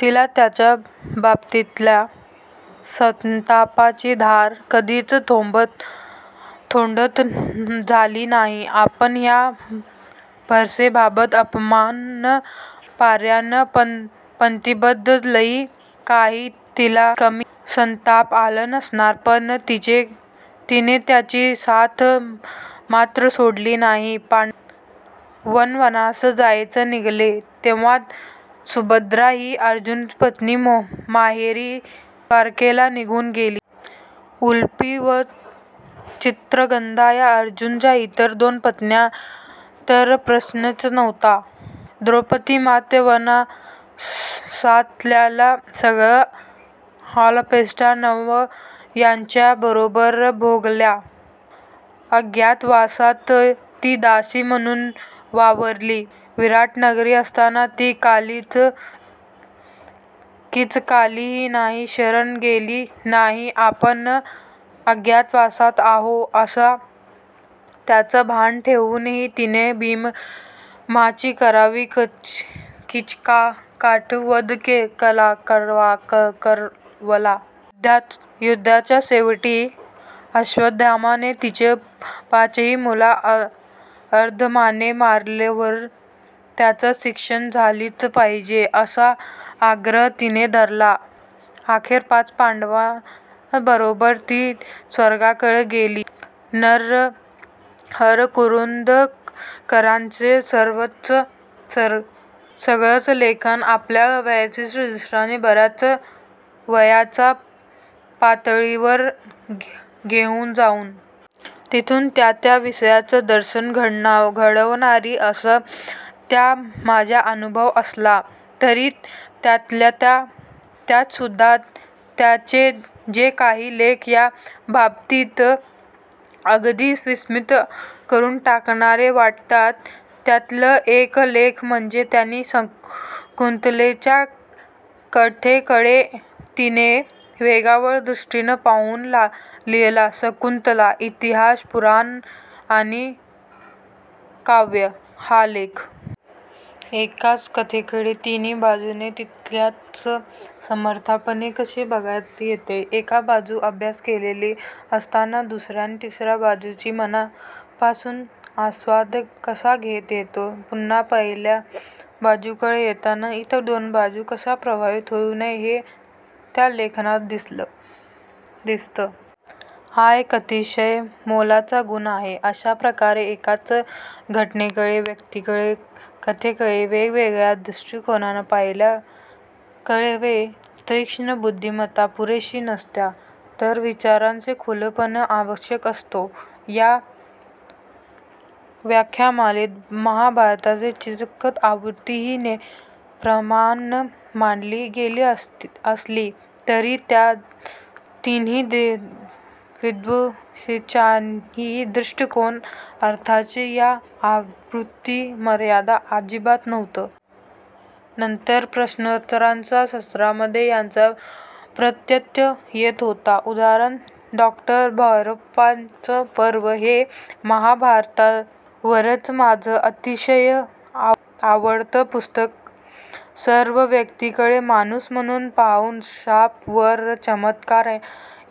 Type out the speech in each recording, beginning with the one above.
तिच्या त्यांच्या बाबतीतल्या संतापाची धार कधीच बोथट झाली नाही. आपला हा भरसभेतला अपमान पाहणार्या पतींबद्दलही काही तिला कमी संताप आला नसणार, पण तिने त्यांची साथ मात्र सोडली नाही. पांडव वनवासात जायला निघाले, तेव्हा सुभद्रा ही अर्जुनाची पत्नी माहेरी, द्वारकेला निघून गेली. उलूपी आणि चित्रांगदा या अर्जुनाच्या इतर दोन पत्नींचा तर प्रश्नच नव्हता. द्रौपदीने मात्र वनवासातल्या सगळ्या हालअपेष्टा नवर्यांच्या बरोबरीने भोगल्या. अज्ञातवासात ती दासी म्हणून वावरली. विराटनगरीत असताना ती कीचकालाही शरण गेली नाही. आपण अज्ञातवासात आहोत याचं भान ठेवूनही तिने भीमाकरवी कीचकाचा वध करवला. युद्धाच्या शेवटी अश्वत्थाम्याने तिच्या पाचही मुलांना अधर्माने मारल्यावर त्याला शिक्षा झालीच पाहिजे, असा आग्रह तिने धरला. अखेर पाची पांडवांबरोबरच ती स्वर्गाकडे गेली. नरहर कुरुंदकरांचं सगळंच लेखन आपल्याला वैचारिकदृष्ट्या बर्याच वरच्या पातळीवर घेऊन जाऊन तिथून त्या त्या विषयाचं दर्शन घडवणारं असतं हा माझा अनुभव असला, तरी त्यातल्या त्यातसुद्धा त्यांचे जे काही लेख या बाबतीत अगदी स्तिमित करून टाकणारे वाटतात, त्यातला एक लेख म्हणजे त्यांनी शकुंतलेच्या कथेकडे तीन वेगवेगळ्या दृष्टींनी पाहून लिहिलेला ' शकुंतला: इतिहास, पुराण आणि काव्य' हा लेख. एकाच कथेकडे तीन बाजूंनी तितक्याच समर्थपणे कसं बघता येतं, एक बाजू अभ्यासलेली असताना दुसर्या, तिसर्या बाजूंचाही मनापासून आस्वाद कसा घेता येतो, पुन्हा पहिल्या बाजूकडे येताना इतर दोन बाजूंमुळे कसं प्रभावित होऊ नये, हे त्या लेखनात दिसतं. हा एक अतिशय मोलाचा गुण आहे. अशा प्रकारे एकाच घटनेकडे, व्यक्तीकडे, कथेकडे वेगवेगळ्या दृष्टींनी पाहण्यासाठी केवळ तीक्ष्ण बुद्धिमत्ता पुरेशी नसते, तर विचारांचा खुलेपणाही आवश्यक असतो. या व्याख्यानमालेत महाभारताची चिकित्सक आवृत्ती ही प्रमाण मानली गेली असली, तरी या तिन्ही विदुषींचाही दृष्टिकोन अर्थातच या आवृत्तीपुरता मर्यादित अजिबातच नव्हता. नंतरच्या प्रश्नोत्तरांच्या सत्रांमध्येही याचा प्रत्यय येत होता. उदा. डॉ. भैरप्पांचं 'पर्व' हे महाभारतावरचं माझं अतिशय आवडतं पुस्तक. सर्व व्यक्तिरेखांकडे 'माणूस' म्हणून पाहून, शाप, वर, चमत्कार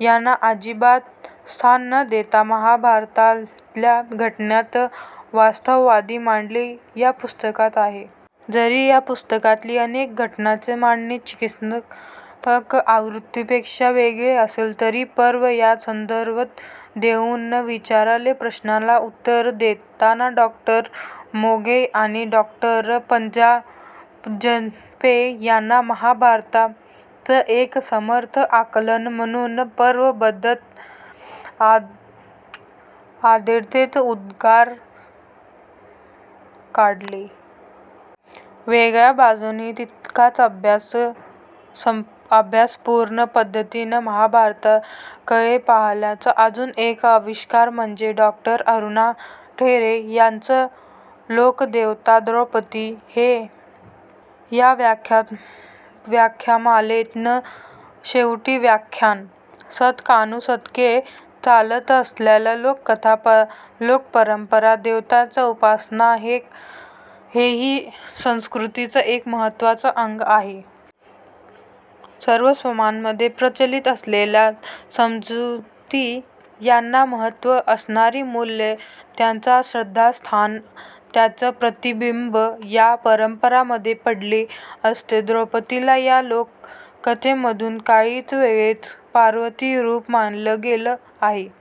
यांना अजिबात स्थान न देता, महाभारतातल्या घटनांची वास्तववादी मांडणी या पुस्तकात आहे. जरी या पुस्तकातली अनेक घटनांची मांडणी चिकित्सक आवृत्तीपेक्षा वेगळी असली, तरी 'पर्व' चा संदर्भ देऊन विचारलेल्या प्रश्नांना उत्तरं देताना डॉ. मोघे आणि डॉ. परांजपे यांनी महाभारताचं एक समर्थ आकलन म्हणून 'पर्व'बद्दल आदराचेच उद्गार काढले. वेगळ्या बाजूनेही तितक्याच अभ्यासपूर्ण पद्धतीने महाभारताकडे पाहण्याचा अजून एक आविष्कार म्हणजे डॉ. अरुणा ढेरे यांचं 'लोकदेवता द्रौपदी' हे या व्याख्यानमालेतलं शेवटचं व्याख्यान. शतकानुशतके चालत आलेल्या लोककथा, लोकपरंपरा, देवतांची उपासना हेही संस्कृतीचं एक महत्त्वाचं अंग आहे. सर्वसामान्यांमध्ये प्रचलित असलेल्या समजुती, त्यांना महत्त्वाची असणारी मूल्यं, त्यांची श्रद्धास्थानं यांचं प्रतिबिंब या परंपरांमध्ये पडलेलं असतं. द्रौपदीला या लोककथांमधून काली देवीचं, पार्वतीचं रूप मानलं गेलं आहे.